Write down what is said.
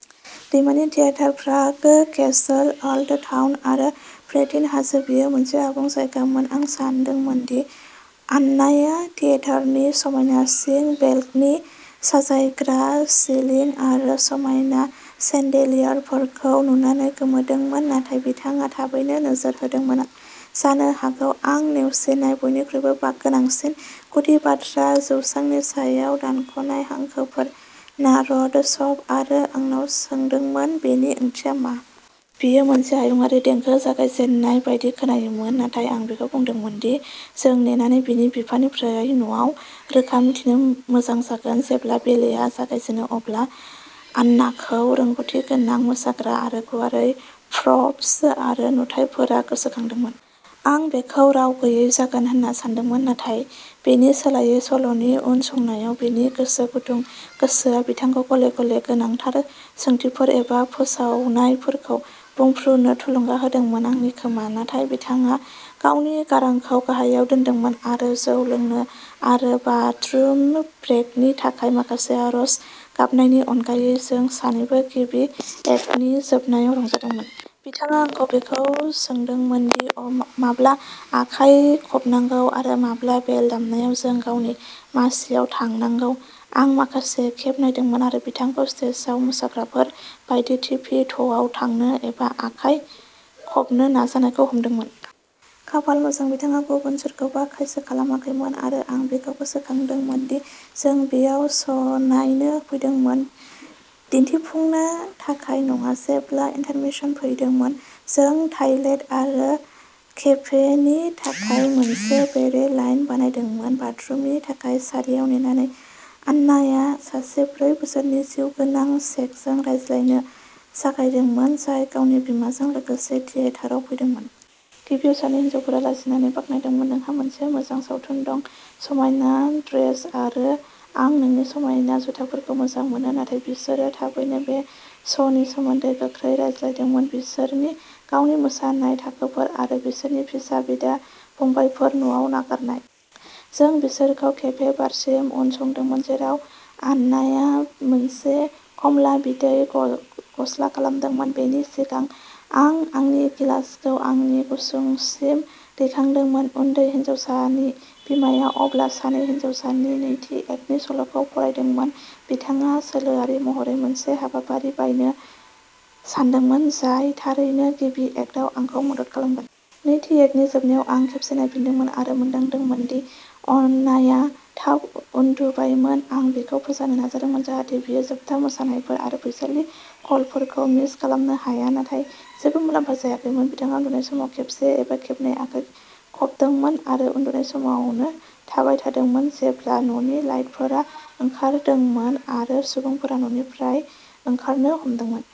दैमानि theatre, Prague Castle, Old Town आरो Petrin हाजो, बेयो मोनसे आबुं जायगामोन। आं सानदोंमोन दि आननाया थियेटारनि समायना सिं, बेलकनि, साजायग्रा सिलिं आरो समायना सेन्डेलियारफोरखौ नुनानै गोमोदोंमोन। नाथाय बिथाङा थाबैनो नोजोर होदोंमोन, जानो हागौ आं नेवसिनाय बयनिख्रुइबो गोनांसिन गुदि बाथ्रा, जौसांनि सायाव दानख'नाय हांखोफोर, नार'ड सब आरो आंनाव सोंदोंमोन बेनि ओंथिया मा। बेयो मोनसे हायुङारि देंखोनि जागायजे ननाय बायदि खोनायोमोन, नाथाय आं बिखौ बुंदोंमोन दि जों नेनानै बिनि बिफानिफ्राय न'आव रोखा मिथिनो मोजां जागोन। जेब्ला बेलेआ जागायजेनो, अब्ला आननाखौ रोंग'थिगोनां मोसाग्राफोर आरो गुवारै प्रप्स आरो नुथायफोरा गोसोखांदोंमोन। आं बेखौ राव गैयै जागोन होनना सानदोंमोन, नाथाय बेनि सोलायै, सल'नि उनसंनायाव बिनि गोसो गुदुं गोसोआ बिथांखौ गले गले गोनांथार सोंथिफोर एबा फोसावनायफोरखौ बुंफ्रुनो थुलुंगा होदोंमोन। आंनि खोमा। नाथाय बिथाङा गावनि गारांखौ गाहायाव दोनदोंमोन आरो जौ लोंनो आरो बाथरुम ब्रेकनि थाखाय माखासे आर'ज गाबनायनि अनगायै, जों सानैबो गिबि एक्टनि जोबनायाव रंजादोंमोन। बिथाङा आंखौ बेखौबो सोंदोंमोन दि माब्ला आखाइ खबनांगौ आरो माब्ला बेल दामनायाव जों गावनि मासिआव थांनांगौ। आं माखासे खेब नायदोंमोन आरो बिथांखौ स्टेजआव मोसाग्राफोर बायदि टिपी ट'आव थांनो एबा आखाइ खबनो नाजानायखौ हमदोंमोन। खाफाल मोजां, बिथाङा गुबुन सोरखौबा खायसो खालामाखैमोन आरो आं बिखौ गोसोखांहोदोंमोन दि जों बेयाव श'नायनो फैदोंमोन, दिन्थिफुंनो थाखाय नङा। जेब्ला इन्टारमिशन फैदोंमोन, जों टायलेट आरो केफेनि थाखाय मोनसे बेरे लाइन बानायदोंमोन। बाथरुमनि थाखाय सारियाव नेनानै, आननाआ सासे ब्रै बोसोरनि जिउगोनां चेकजों रायज्लायनो जागायदोंमोन, जाय गावनि बिमाजों लोगोसे थियेटाराव फैदोंमोन। गिबियाव, सानै हिनजावफोरा लाजिनायै बाखनायदोंमोन, नोंहा मोनसे मोजां सावथुन दं। समायना ड्रेस आरो आं नोंनि समायना जुथाफोरखौ मोजां मोनो, नाथाय बिसोरो थाबैनो बे श'नि सोमोन्दै गोख्रै रायज्लायदोंमोन, बिसोरनि गावनि मोसानाय थाखोफोर आरो बिसोरनि फिसा बिदा-फंबायफोर, न'आव नागारनाय। जों बिसोरखौ केफे बारसिम उनसंदोंमोन, जेराव आनाया मोनसे खमला बिदै गस्ला खालामदोंमोन, बेनि सिगां आं आंनि गिलासखौ आंनि गुसुंसिम दैखांदोंमोन। उन्दै हिनजावसानि बिमाया अब्ला सानै हिनजावसानि नैथि एक्टनि सल'खौ फरायदोंमोन। बिथाङा सोलोआरि महरै मोनसे हाबाफारि बायनो सानदोंमोन, जाय थारैनो गिबि एक्टआव आंखौ मदद खालामगोन। नैथि एक्टनि जोबनायाव, आं खेबसे नायफिनदोंमोन आरो मोनदांदोंमोन दि आनाया थाब उन्दुबायमोन। आं बिखौ फोजानो नाजादोंमोन जाहाथे बियो जोबथा मोसानायफोर आरो फैसालि कलफोरखौ मिस खालामनो हाया, नाथाय जेबो मुलाम्फा जायाखैमोन। बिथाङा उन्दुनाय समाव खेबसे एबा खेबनै आखाइ खबदोंमोन आरो उन्दुनाय समावनो थाबाय थादोंमोन, जेब्ला न'नि लाइटफोरा ओंखारदोंमोन आरो सुबुंफोरा न'निफ्राय ओंखारनो हमदोंमोन।